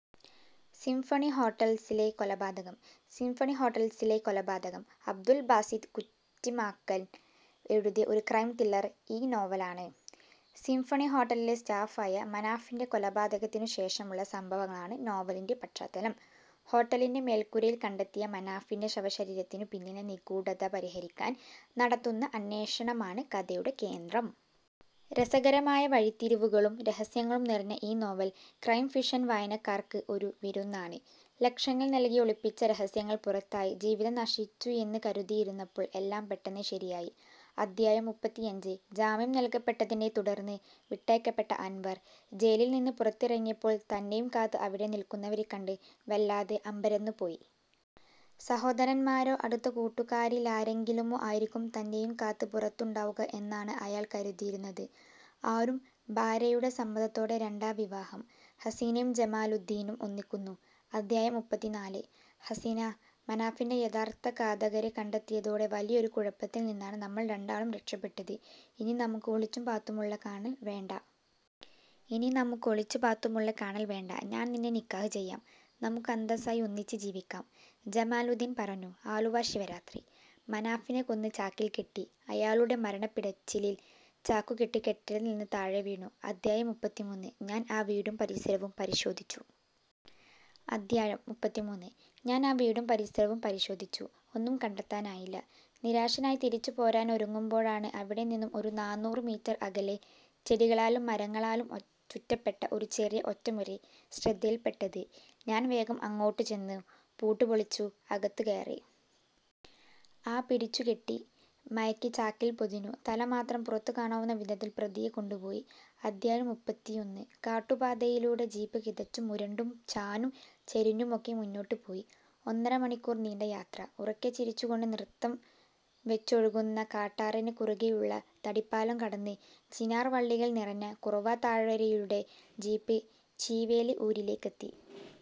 Symphony ഹോട്ടൽസിലെ കൊലപാതകം 'symphony ഹോട്ടൽസിലെ കൊലപാതകം' അബ്ദുൽ ബാസിത്ത് കുറ്റിമാക്കൽ എഴുതിയ ഒരു ക്രൈം ത്രില്ലർ ഇ-നോവലാണ്. സിംഫണി ഹോട്ടലിലെ സ്റ്റാഫ് ആയ മനാഫിന്റെ കൊലപാതകത്തിനു ശേഷമുള്ള സംഭവങ്ങളാണ് നോവലിന്റെ പശ്ചാത്തലം. ഹോട്ടലിന്റെ മേൽക്കൂരയിൽ കണ്ടെത്തിയ മനാഫിന്റെ ശവശരീരത്തിനു പിന്നിലെ നിഗൂഢത പരിഹരിക്കാൻ നടത്തുന്ന അന്വേഷണമാണ് കഥയുടെ കേന്ദ്രം. രസകരമായ വഴിത്തിരിവുകളും രഹസ്യങ്ങളും നിറഞ്ഞ ഈ നോവൽ ക്രൈം ഫിക്ഷൻ വായനക്കാര്ക്ക് ഒരു വിരുന്നാണ്. 'ലക്ഷങ്ങൾ നൽകി ഒളിപ്പിച്ച രഹസ്യങ്ങൾ പുറത്തായി, ജീവിതം നശിച്ചു എന്ന് കരുതിയിരുന്നപ്പോൾ എല്ലാം പെട്ടെന്ന് ശരിയായി' അധ്യായം: മുപ്പത്തിയഞ്ച് ജാമ്യം നൽകപ്പെട്ടതിനെത്തുടർന്ന് വിട്ടയക്കപ്പെട്ട അൻവർ, ജയിലിൽ നിന്ന് പുറത്തിറങ്ങിയപ്പോൾ തന്നെയും കാത്ത് അവിടെ നിൽക്കുന്നവരെക്കണ്ട് വല്ലാതെ അമ്പരന്ന് പോയി! സഹോദരന്മാരോ, അടുത്ത കൂട്ടുകാരിലാരെങ്കിലുമോ ആയിരിക്കും തന്നെയും കാത്ത് പുറത്തുണ്ടാവുക എന്നാണ് അയാൾ കരുതിയിരുന്നത്. ആരും ഭാര്യയുടെ സമ്മതത്തോടെ രണ്ടാം വിവാഹം; 'ഹസീനയും ജമാലുദ്ധീനും ഒന്നിക്കുന്നു' അധ്യായം: മുപ്പത്തിനാല് "ഹസീനാ... മനാഫിന്റെ യഥാർത്ഥ ഘാതകരെ കണ്ടെത്തിയതോടെ വലിയൊരു കുഴപ്പത്തിൽ നിന്നാണ് നമ്മൾ രണ്ടാളും രക്ഷപ്പെട്ടത്. ഇനി നമുക്ക് ഒളിച്ചും പാത്തുമുള്ള കാണൽ വേണ്ട. ഇനി നമുക്ക് ഒളിച്ചും പാത്തുമുള്ള കാണൽ വേണ്ട. ഞാൻ നിന്നെ നിക്കാഹ് ചെയ്യാം. നമുക്ക് അന്തസായി ഒന്നിച്ച് ജീവിക്കാം. " ജമാലുദ്ധീൻ പറഞ്ഞു. ആലുവ ശിവരാത്രി 'മനാഫിനെ കൊന്ന് ചാക്കിൽ കെട്ടി, അയാളുടെ മരണപിടച്ചിലിൽ ചാക്കുകെട്ട് കെട്ടിടത്തിൽ നിന്ന് താഴെ വീണു... ' അധ്യായം: മുപ്പത്തിമൂന്ന് "ഞാൻ ആ വീടും പരിസരവും പരിശോധിച്ചു. ' അധ്യായം: മുപ്പത്തിമൂന്ന് "ഞാൻ ആ വീടും പരിസരവും പരിശോധിച്ചു. ഒന്നും കണ്ടെത്താനായില്ല. നിരാശനായി തിരിച്ചു പോരാനൊരുങ്ങുമ്പോഴാണ് അവിടെ നിന്നും ഒരു നാനൂറ് മീറ്റർ അകലെ ചെടികളാലും മരങ്ങളാലും ചുറ്റപ്പെട്ട ഒരു ചെറിയ ഒറ്റമുറി ശ്രദ്ധയിൽ പെട്ടത്. ഞാൻ വേഗം അങ്ങോട്ട് ചെന്നു. പൂട്ട് പൊളിച്ച് അകത്തു കയറി. ആ 'പിടിച്ചു കെട്ടി, മയക്കി ചാക്കിൽ പൊതിഞ്ഞു; തല മാത്രം പുറത്തു കാണാവുന്ന വിധത്തിൽ പ്രതിയെ കൊണ്ടു പോയി' അധ്യായം: മുപ്പത്തിയൊന്ന് കാട്ടുപാതയിലൂടെ ജീപ്പ് കിതച്ചും മുരണ്ടും ചാഞ്ഞും ചെരിഞ്ഞുമൊക്കെ മുന്നോട്ട് പോയി. ഒന്നര മണിക്കൂർ നീണ്ട യാത്ര... ഉറക്കെ ചിരിച്ചു കൊണ്ട് നൃത്തം വെച്ചൊഴുകുന്ന കാട്ടാറിന് കുറുകെയുള്ള തടിപ്പാലം കടന്ന്, ചിനാർ വള്ളികൾ നിറഞ്ഞ കുറവാ താഴ്വരയിലൂടെ ജീപ്പ് ചീവേലി ഊരിലേക്കെത്തി.